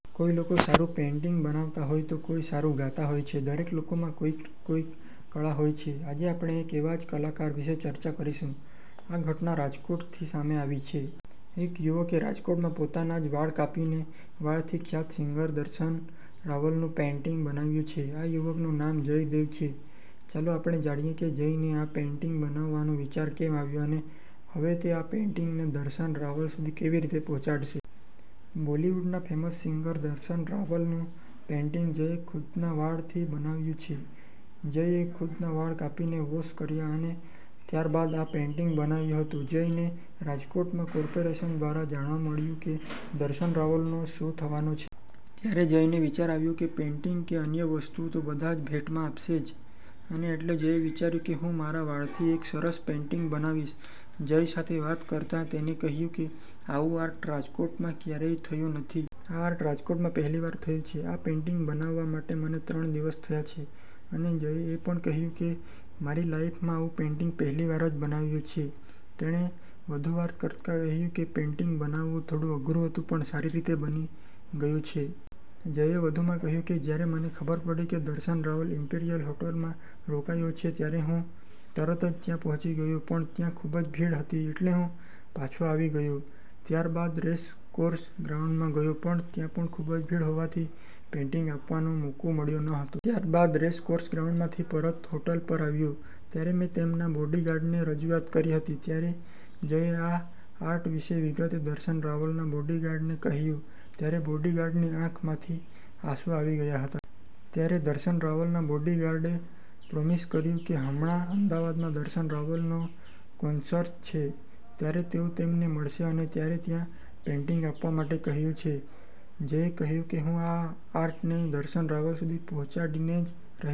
કોઈ લોકો સારૂ પેઈન્ટિંગ બનાવતા હોઈ તો કોઈ સારૂ ગાતા હોય છે. દરેક લોકોમાં કોઈ કોઈ કળા હોય છે. આજે આપણે એક એવા જ કલાકાર વિષે ચર્ચા કરીશું. આ ઘટના રાજકોટ થી સામે આવી છે. એક યુવકે રાજકોટમાં પોતાના જ વાળ કાપીને વાળથી ખ્યાત સિંગર દર્શન રાવલ નું પેઈન્ટિંગ બનાવ્યું છે. આ યુવકનું નામ જય દેવ છે, ચાલો આપને જાણીએ કે જયને આ પેઈન્ટિંગ બનાવવાનો વિચાર કેમ આવ્યો અને હવે તે આ પેઈન્ટિંગને દર્શન રાવલ સુધી કેવી રીતે પહોંચાડશે. બોલિવૂડના ફેમસ સિંગર દર્શન રાવલનું પેઈન્ટિંગ જયે ખુદના વાળથી બનાવ્યું છે. જયએ ખુદના વાળ કાપીને વોશ કર્યા અને ત્યાર બાદ આ પેઈન્ટિંગ બનાવ્યું હતું. જયને રાજકોટમાં કોર્પોરેશન દ્વારા જાણવા મળ્યું કે દર્શન રાવલનો શો થવાનો છે. ત્યારે જયને વિચાર આવ્યો કે પેઈન્ટિંગ કે અન્ય વસ્તુઓ તો બધા ભેટમાં આપશે જ અને એટલે જયે વિચાર્યું કે, હું મારા વાળથી જ એક સરસ પેઈન્ટિંગ બનાવીશ. જય સાથે વાત કરતા તેને કહ્યું કે, આવું આર્ટ રાજકોટમાં ક્યારેય થયું નથી. આ આર્ટ રાજકોટમાં પહેલીવાર થયું છે. આ પેઈન્ટિંગ બનાવા માટે મને ત્રણ દિવસ થયા છે અને જયે એ પણ કહ્યું કે મેં મારી લાઈફમાં આવું પેઈન્ટિંગ પહેલીવાર જ બનાવ્યું છે. તેણે વધુ વાત કરતા કહ્યું કે આ પેઈન્ટિંગ બનાવવું થોડુ અઘરૂ હતું પણ સારી રીતે બની ગયું છે. જયે વધુમાં કહ્યું કે જ્યારે મને ખબર પડી કે, દર્શન રાવલ ઈમ્પિરિયલ હોટલમાં રોકાયો છે. ત્યારે હું તરતજ ત્યાં પહોચી ગયો પણ ત્યાં ખુબજ ભીડ હતી એટલે હું પાછો આવી ગયો. ત્યાર બાદ રેસકોર્ષ ગ્રાઉન્ડમાં ગયો પણ ત્યાં પણ ખુબજ ભીડ હોવાથી પેઈન્ટિંગ આપવાનો મોકો મળ્યો ન હતો. ત્યાર બાદ રેસકોર્ષ ગ્રાઉન્ડ માંથી પરત હોટલ પર આવ્યો ત્યારે મેં તેમના બોડિગાર્ડને રજુઆત કરી હતી. ત્યારે જયે આ આર્ટ વિષે વિગતે દર્શન રાવલના બોડિગાર્ડ ને કહ્યું ત્યારે બોડિગાર્ડની આંખ માંથી આંસુ આવી ગયા હતા. ત્યારે દર્શન રાવલના બોડિગાર્ડએ પ્રોમિસ કર્યું કે હમણાં અમદાવાદમાં દર્શન રાવલનો કોન્સર્ન છે. ત્યારે તેઓ તેમને મળશે અને ત્યારે ત્યાં પેઈન્ટિંગ આપવા માટે કહ્યું છે. જયે કહ્યું કે હું આ આર્ટને દર્શન રાવલ સુધી પહોંચાડીને જ રહ